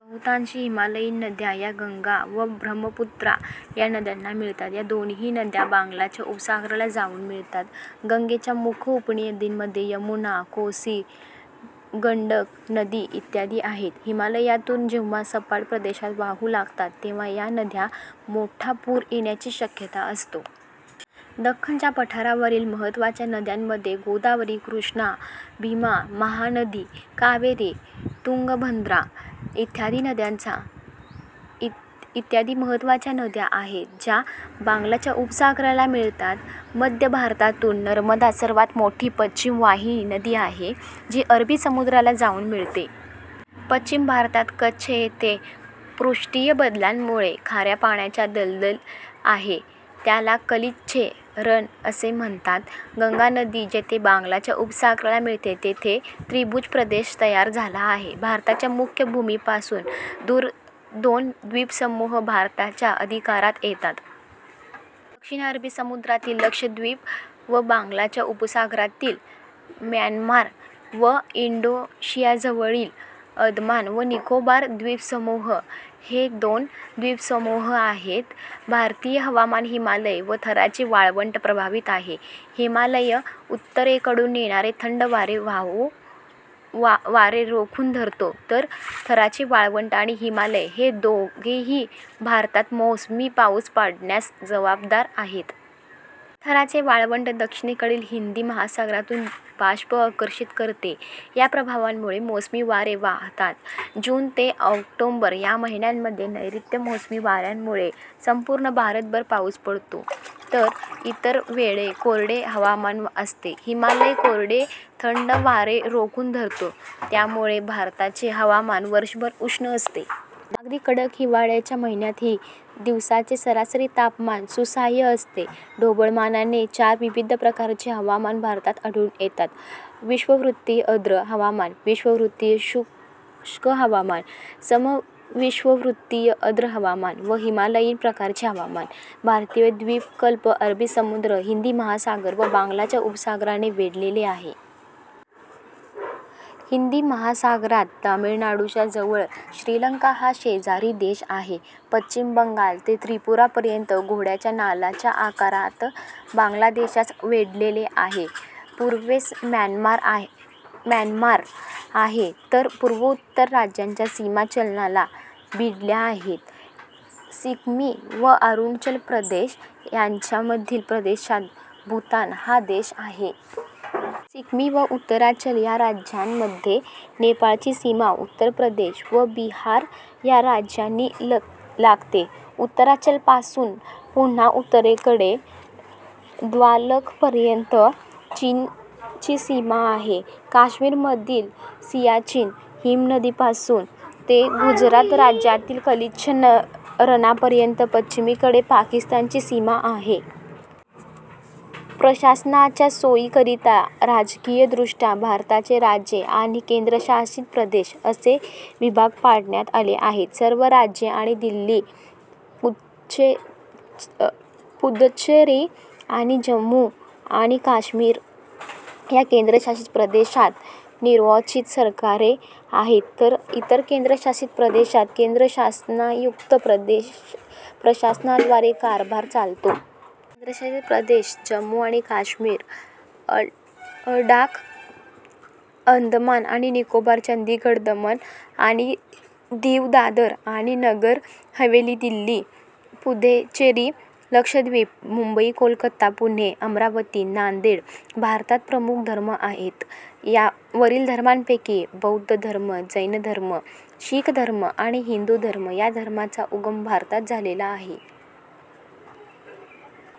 बहुतांशी हिमालयीन नद्या या गंगा व ब्रम्हपुत्रा या नद्यांना मिळतात. या दोन्ही नद्या बंगालच्या उपसागराला जाउन मिळतात. गंगेच्या मुख्य उपनद्यांमध्ये यमुना, कोसी, गंडक नदी इत्यादी आहेत. हिमालयातून जेव्हा सपाट प्रदेशात वाहू लागतात तेव्हा या नद्या मोठा पूर येण्याची शक्यता असते. दख्खनच्या पठारावरील मह्त्वाच्या नद्यांमध्ये गोदावरी, कृष्णा, भीमा, महानदी, कावेरी, तुंगभद्रा इत्यादी महत्त्वाच्या नद्या आहेत ज्या बंगालच्या उपसागराला मिळतात. मध्य भारतातून नर्मदा सर्वांत मोठी पश्चिम वाहिनी नदी आहे जी अरबी समुद्राला जाऊन मिळते. पश्चिम भारतात कच्छ येथे पृष्ठीय बदलांमुळे खाऱ्यापाण्याची दलदल आहे त्याला कच्छचे रण असे म्हणतात. गंगा नदी जिथे बंगालच्या उपसागराला मिळते तिथे त्रिभुज प्रदेश तयार झाला आहे. भारताच्या मुख्य भूमीपासून दूर दोन द्वीपसमूह भारताच्या अधिकारात येतात. दक्षिण अरबी समुद्रातील लक्षद्वीप व बंगालच्या उपसागरातील म्यानमार व इंडोनेशियाजवळील अंदमान व निकोबार द्वीपसमूह हे दोन द्वीपसमूह आहेत. भारतीय हवामान हिमालय व थारचे वाळवंटाने प्रभावित आहे. हिमालय उत्तरेकडून येणारे थंड वारे रोखून धरतो तर थारचे वाळवंट आणि हिमालय हे दोघेही भारतात मोसमी पाऊस पडण्यास जवाबदार आहेत. थारचे वाळवंट दक्षिणेकडील हिंदी महासागरातून बाष्प आकर्षित करते, या प्रभावामुळे मोसमी वारे वाहतात. जून ते ऑक्टोबर या महिन्यांमध्ये नैऋत्य मोसमी वाऱ्यांमुळे संपूर्ण भारतभर पाउस पडतो तर इतर वेळ कोरडे हवामान असते. हिमालय कोरडे थंड वारे रोखून धरतो त्यामुळे भारताचे हवामान वर्षभर उष्ण असते. अगदी कडक हिवाळ्याच्या महिन्यातही दिवसाचे सरासरी तापमान सुसह्य असते. ढोबळमानाने चार विविध प्रकारचे हवामान भारतात आढळून येतात विषवृतीय आर्द्र हवामान, विषुववृत्तीय शुष्क हवामान, समविषुववृतीय आर्द्र हवामान व हिमालयीन प्रकारचे हवामान. भारतीय द्वीपकल्प अरबी समुद्र, हिंदी महासागर व बंगालच्या उपसागराने वेढलेला आहे. हिंदी महासागरात तमिळनाडूच्या जवळ श्रीलंका हा शेजारी देश आहे. पश्चिम बंगाल ते त्रिपुरा पर्यंत घोड्यांच्या नाल्याच्या आकारात बांगलादेशास वेढलेले आहे. पूर्वेस म्यानमार आहे तर पूर्वोत्तर राज्यांच्या सीमा चीनला भीडल्या आहे. सिक्कीम व अरुणाचल प्रदेश यंच्यामधील प्रदेशात भूतान हा देश आहे. सिक्कीम व उत्तरांचल ह्या राज्यांच्या मध्ये नेपाळची सीमा उत्तर प्रदेश व बिहार या राज्यांना लागते. उत्तरांचल पासून पुन्हा उत्तरेकडे लद्दाख पर्यंत चीनची सीमा आहे. काश्मीर मधील सियाचीन हिमनदीपासून ते गुजरात राज्यातील कच्छच्या रणापर्यंत पश्चिमेकडे पाकिस्तानची सीमा आहे. प्रशासनाच्या सोयीकरता राजकीयदृष्ट्या भारताचे राज्ये आणि केंद्रशासित प्रदेश असे विभाग पाडण्यात आले आहेत. सर्व राज्ये आणि दिल्ली, पुद्दुचेरी आणि जम्मू आणि काश्मीर ह्या केंद्रशासित प्रदेशांत निर्वाचित सरकारे आहेत; तर इतर केंद्रशासित प्रदेशांत केंद्र शासननियुक्त प्रशासनाद्वारे राज्यकारभार चालतो. केंद्रशासित प्रदेश जम्मू आणि काश्मीर लडाख अंदमान आणि निकोबार चंदीगढ दमण आणि दीव दादरा आणि नगर हवेली दिल्ली पुद्दुचेरी लक्षद्वीप मुंबई कोलकाता पुणे अमरावती नांदेड भारतात प्रमुख धर्म आहेत: वरील धर्मांपैकी बौद्ध धर्म, जैन धर्म, शीख धर्म आणि हिंदू धर्म या धर्मांचा उगम भारतात झाला.